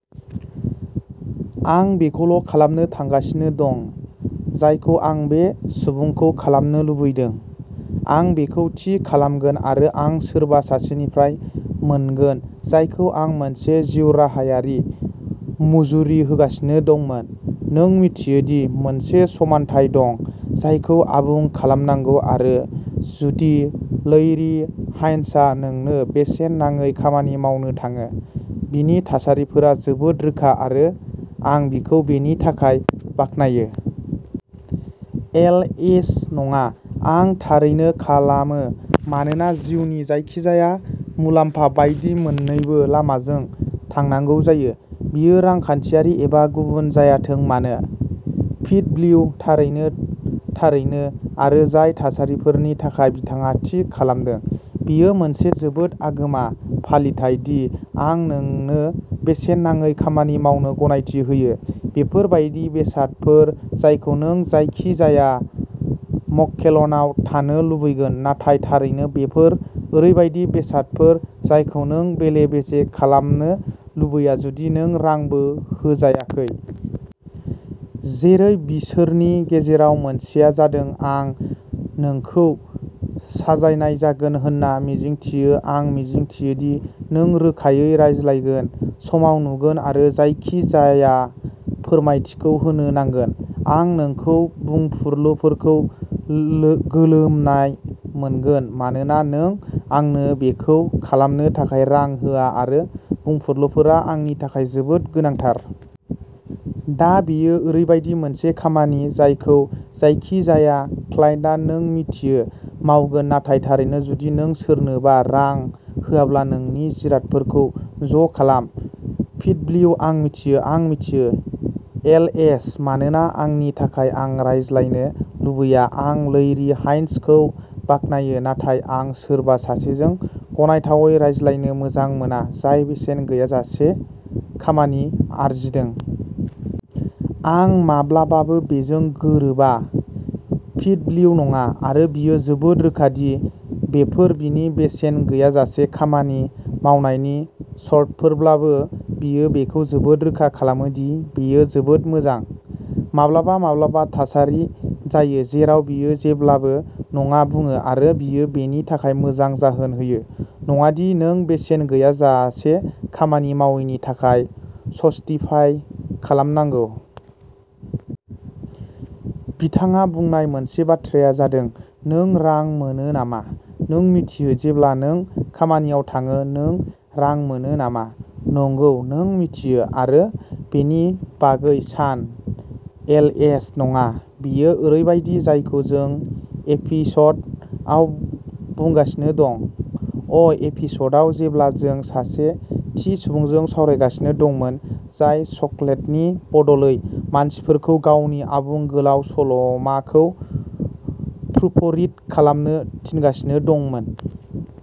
आं बेखौल'खालामनो थांगासिनो दं, जायखौ आं बे सुबुंखौ खालामनो लुबैदों। 'आं बेखौ थि खालामगोन आरो आं सोरबा सासेनिफ्राय मोनगोन जायखौ आं मोनसे जिउराहायारि मुजुरि होगासिनो दंमोन। "नों मिन्थियो दि मोनसे समानथाय दं जायखौ आबुं खालामनांगौ आरो जुदि लैरी हाइन्सआ नोंनो बेसेन नाङै खामानि मावनो थाङो, बिनि थासारिफोरा जोबोद रोखा आरो आं बिखौ बेनि थाखाय बाख्नायो। एलएचः नङा, आं थारैनो खालामो मानोना जिउनि जायखिजाया मुलाम्फा बायदि मोन्नैबो लामाजों थांनांगौ जायो, बेयो रांखान्थियारि एबा गुबुन जायाथों मानो। पिडब्लिउः थारैनो, थारैनो आरो जाय थासारिफोरनि थाखाय बिथाङा थि खालामदों," बेयो मोनसे जोबोद आगोमा फालिथाय दि आं नोंनो बेसेन नाङै खामानि मावनो गनायथि होयो "बेफोर बायदि बेसादफोर जायखौ नों जायखिजाया मक्केलनाव थानो लुबैगोन नाथाय थारैनो बेफोर ओरैबायदि बेसादफोर जायखौ नों बेले-बेजे खालामनो लुबैया जुदि नों रांबो होजायाखै। जेरै बिसोरनि गेजेराव मोनसेआ जादों, "आं नोंखौ साजायनाय जागोन होनना मिजिंथियो। आं मिजिंथियो दि नों रोखायै रायज्लायगोन, समाव नुगोन आरो जायखिजाया फोरमायथिखौ होनो नांगोन। आं नोंखौ बुंफुरलुफोरखौ गोलोमनाय मोनगोन मानोना नों आंनो बेखौ खालामनो थाखाय रां होआ आरो बुंफुरलुफोरा आंनि थाखाय जोबोद गोनांथार। " दा बेयो ओरैबायदि मोनसे खामानि, जायखौ जायखिजाया क्लाइन्टआ, नों मिथियो, मावगोन नाथाय थारैनो जुदि नों सोरनोबा रां होआब्ला नोंनि जिरादफोरखौ ज'खालाम। पिडब्लिउः आं मिथियो, आं मिथियो। एलएचः मानोना आंनि थाखाय आं रायज्लायनो लुबैयाआं लैरी हाइन्स खौ बाख्नायो, नाथाय आं सोरबा सासेजों गनायथावै रायज्लायनो मोजां मोना जाय बेसेन गैयाजासे खामानि आरजिदों। आं माब्लाबाबो बेजों गोरोबा। पिडब्लिउः नङा आरो बियो जोबोद रोखा दि बेफोर बिनि बेसेन गैयाजासे खामानि मावनायनि सर्तफोरब्लाबो बियो बेखौ जोबोद रोखा खालामो दि बेयो जोबोद मोजां। माब्लाबा-माब्लाबा थासारि जायो जेराव बियो जेब्लाबो नङा बुङो आरो बियो बेनि थाखाय मोजां जाहोन होयो, नङा दि नों बेसेन गैयाजासे खामानि मावैनि थाखाय जस्टिफाइ खालामनांगौ। बिथाङा बुंनाय मोनसे बाथ्राया जादों, "नों रां मोनो नामा? नों मिन्थियो जेब्ला नों खामानियाव थाङो नों रां मोनो नामा? " नंगौ, नों मिन्थियो, आरो बेनि बागै सान। एलएचः नङा, बेयो ओरैबायदि जायखौ जों एपिस'ड आव बुंगासिनो दं, अ'एपिस'ड आव, जेब्ला जों सासे थि सुबुंजों सावरायगासिनो दंमोन जाय चकलेटनि बदलै मानसिफोरखौ गावनि आबुं गोलाव सल'माखौ प्रुफरिड खालामनो थिनगासिनो दंमोन।